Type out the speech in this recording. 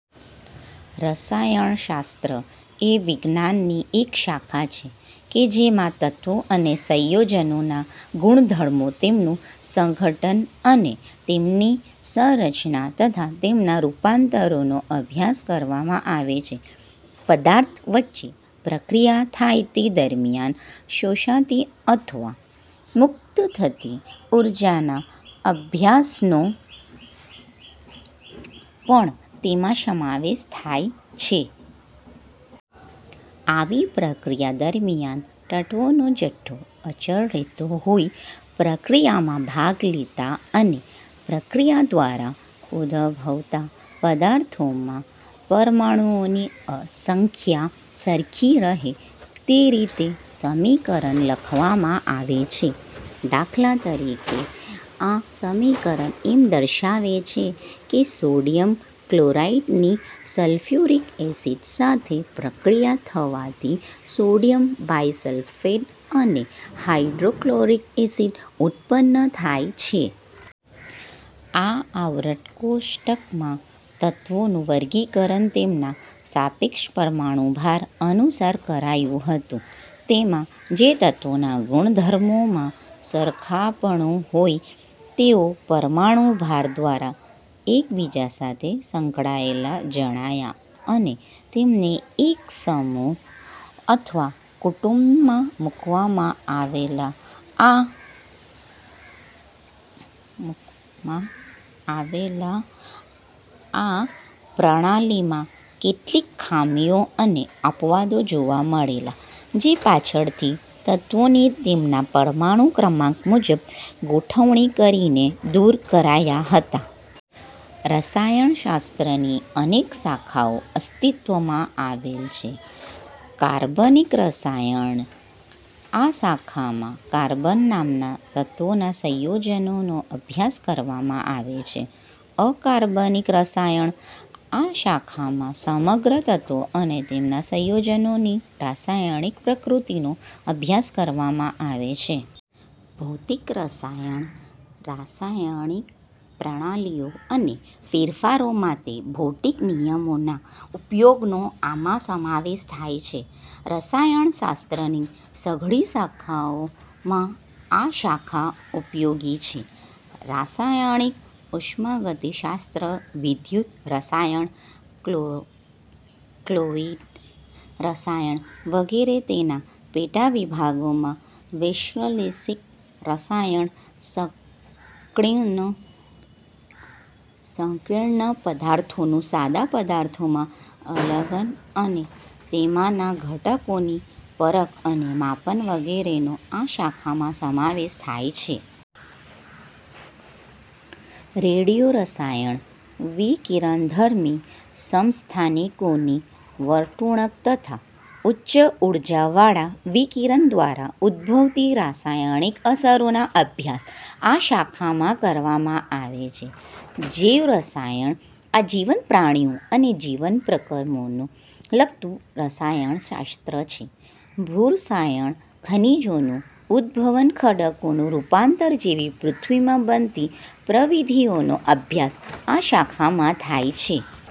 રસાયણ શાસ્ત્ર એ વિજ્ઞાનની એક શાખા છે કે જેમાં તત્વો અને સંયોજનોના ગુણધર્મો, તેમનું સંઘટન અને તેમની સંરચના તથા તેમનાં રૂપાંતરોનો અભ્યાસ કરવામાં આવે છે. પદાર્થ વચ્ચે પ્રક્રિયા થાય તે દરમિયાન શોષાતી અથવા મુક્ત થતી ઊર્જાના અભ્યાસનો પણ તેમાં સમાવેશ થાય છે. આવી પ્રક્રિયા દરમિયાન તત્વોનો જથ્થો અચળ રહેતો હોઈ પ્રક્રિયામાં ભાગ લેતા અને પ્રક્રિયા દ્વારા ઉદભવતા પદાર્થોમાંના પરમાણુઓની સંખ્યા સરખી રહે તે રીતે સમીકરણ લખવામાં આવે છે; દા. ત., આ સમીકરણ એમ દર્શાવે છે કે સોડિયમ ક્લોરાઈડ ની સલ્ફ્યુરિક ઍસિડ સાથે પ્રક્રિયા થવાથી સોડિયમ બાઇસલ્ફેટ અને હાઇડ્રોક્લોરિક ઍસિડ ઉત્પન્ન થાય છે. આ આવર્ત કોષ્ટકમાં તત્વોનું વર્ગીકરણ તેમના સાપેક્ષ પરમાણુભાર અનુસાર કરાયું હતું. તેમાં જે તત્વોના ગુણધર્મોમાં સરખાપણું હોય તેઓ પરમાણુભાર દ્વારા એકબીજા સાથે સંકળાયેલા જણાયા અને તેમને એક સમૂહ અથવા કુટુંબમાં મૂકવામાં આવેલા. આ પ્રણાલીમાં કેટલીક ખામીઓ અને અપવાદો જોવા મળેલા, જે પાછળથી તત્વોની તેમના પરમાણુ ક્રમાંક મુજબ ગોઠવણી કરીને દૂર કરાયા હતા. રસાયણ શાસ્ત્રની અનેક શાખાઓ અસ્તિત્વમાં આવેલ છે: કાર્બનિક રસાયણ: આ શાખામાં કાર્બન નામના તત્વનાં સંયોજનોનો અભ્યાસ કરવામાં આવે છે. અકાર્બનિક રસાયણ: આ શાખામાં સમગ્ર તત્વો અને તેમનાં સંયોજનોની રાસાયણિક પ્રકૃતિનો અભ્યાસ કરવામાં આવે છે. ભૌતિક રસાયણ: રાસાયણિક પ્રણાલિઓ અને ફેરફારો માટે ભૌતિક નિયમોના ઉપયોગનો આમાં સમાવેશ થાય છે. રસાયણ શાસ્ત્રની સઘળી શાખાઓમાં આ શાખા ઉપયોગી છે. રાસાયણિક ઉષ્માગતિશાસ્ત્ર, વિદ્યુત-રસાયણ, કૉલોઇડ રસાયણ વગેરે તેના પેટાવિભાગો છે. વૈશ્લેષિક રસાયણ: સંકીર્ણ પદાર્થોનું સાદા પદાર્થોમાં અલગન અને તેમાંના ઘટકોની પરખ અને માપન વગેરેનો આ શાખામાં સમાવેશ થાય છે. રેડિયો-રસાયણ: વિકિરણધર્મી સમસ્થાનિકોની વર્તણૂક તથા ઉચ્ચ ઊર્જાવાળાં વિકિરણ દ્વારા ઉદભવતી રાસાયણિક અસરોનો અભ્યાસ આ શાખામાં કરવામાં આવે છે. જૈવરસાયણ: આ જીવંત પ્રાણીઓ અને જીવન-પ્રક્રમોને લગતું રસાયણ શાસ્ત્ર છે. ભૂરસાયણ: ખનિજોનું ઉદભવન, ખડકોનું રૂપાંતરણ જેવી પૃથ્વીમાં બનતી પ્રવિધિઓનો અભ્યાસ આ શાખામાં થાય છે.